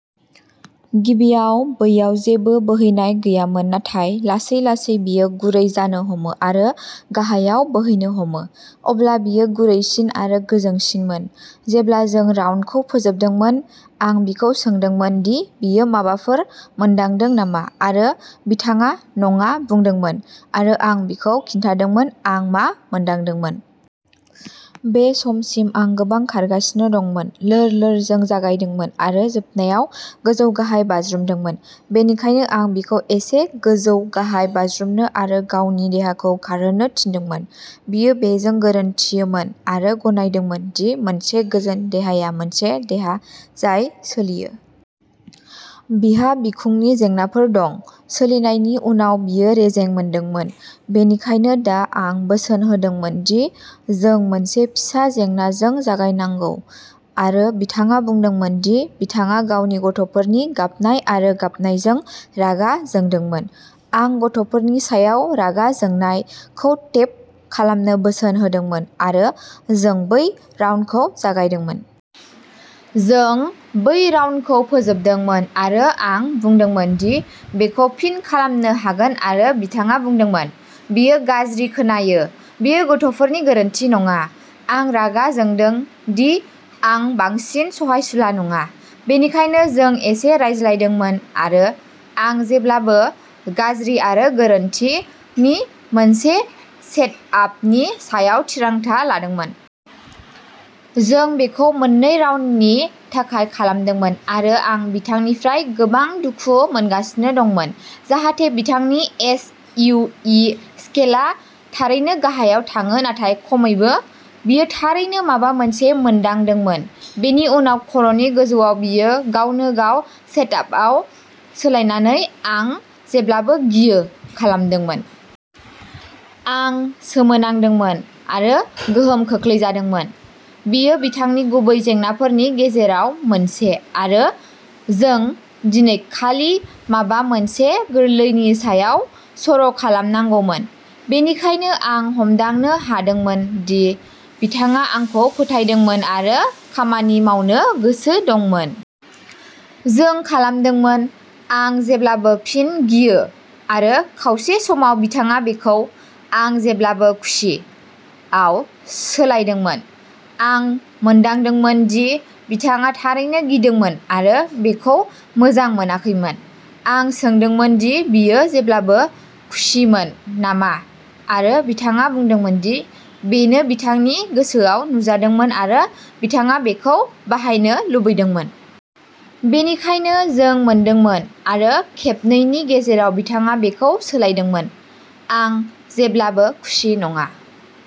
गिबियाव बैयाव जेबो बोहैनाय गैयामोन नाथाय लासै-लासै बेयो गुरै जानो हमो आरो गाहायाव बोहैनो हमो। अब्ला बियो गुरैसिन आरो गोजोंसिनमोन। जेब्ला जों राउन्डखौ फोजोबदोंमोन, आं बिखौ सोंदोंमोन दि बियो माबाफोर मोनदांदों नामा आरो बिथाङा'नङा'बुंदोंमोन आरो आं बिखौ खिन्थादोंमोन आं मा मोनदांदोंमोन। बे समसिम आं गोबां खारगासिनो दंमोन, लोर-लोरजों जागायदोंमोन आरो जोबनायाव गोजौ-गाहाय बाज्रुमदोंमोन। बेनिखायनो आं बिखौ एसे गोजौ-गाहाय बाज्रुमनो आरो गावनि देहाखौ खारहोनो थिनदोंमोन। बियो बेजों गोरोन्थियोमोन आरो गनायदोंमोन दि मोनसे गोजोन देहाया मोनसे देहा जाय सोलियो। बिहा बिखुंनि जेंनाफोर दं। सोलिनायनि उनाव बियो रेजें मोनदोंमोन। बेनिखायनो दा आं बोसोन होदोंमोन दि जों मोनसे फिसा जेंनाजों जागायनांगौ आरो बिथाङा बुंदोंमोन दि बिथाङा गावनि गथ'फोरनि गाबनाय आरो गाबनायजों रागा जोंदोंमोन। आं "गथ'फोरनि सायाव रागा जोंनाय" खौ टेप खालामनो बोसोन होदोंमोन आरो जों बै राउन्डखौ जागायदोंमोन। जों बै राउन्डखौ फोजोबदोंमोन आरो आं बुंदोंमोन दि जों बेखौ फिन खालामनो हागोन आरो बिथाङा बुंदोंमोन "बेयो गाज्रि खोनायो, बेयो गथ'फोरनि गोरोन्थि नङा। आं रागा जोंदों दि आं बांसिन सहायसुला नङा। " बेनिखायनो जों एसे रायज्लायदोंमोन आरो "आं जेब्लाबो गाज्रि आरो गोरोन्थि" नि मोनसे सेटआपनि सायाव थिरांथा लादोंमोन। जों बेखौ मोननै राउन्डनि थाखाय खालामदोंमोन आरो आं बिथांनिफ्राय गोबां दुखु मोनगासिनो दंमोन जाहाथे बिथांनि एस. यु. इ. स्केलआ थारैनो गाहायाव थाङो नाथाय खमैबो। बियो थारैनो माबा मोनसे मोन्दांदोंमोन। बेनि उनाव खर'नि गोजौआव बियो गावनो-गाव सेटआपखौ सोलायनानै "आं जेब्लाबो गियो" खालामदोंमोन। आं सोमोनांदोंमोन आरो गोहोम खोख्लैजादोंमोन। बेयो बिथांनि गुबै जेंनाफोरनि गेजेराव मोनसे आरो जों दिनै खालि माबा मोनसे गोरलैनि सायाव सर'खालामनांगौमोन। बेनिखायनो आं हमदांनो हादोंमोन दि बिथाङा आंखौ फोथायदोंमोन आरो खामानि मावनो गोसो दंमोन। जों खालामदोंमोन "आं जेब्लाबो फिन गियो" आरो खावसे समाव बिथाङा बेखौ "आं जेब्लाबो खुसि" आव सोलायदोंमोन। आं मोनदांदोंमोन दि बिथाङा थारैनो गिदोंमोन आरो बेखौ मोजां मोनाखैमोन। आं सोंदोंमोन दि बियो जेब्लाबो खुसिमोन नामा आरो बिथाङा बुंदोंमोन दि बेनो बिथांनि गोसोआव नुजादोंमोन आरो बिथाङा बेखौ बाहायनो लुबैदोंमोन। बेनिखायनो जों मोनदोंमोन आरो खेबनैनि गेजेराव बिथाङा बेखौ सोलायदोंमोन "आं जेब्लाबो खुसि नङा"।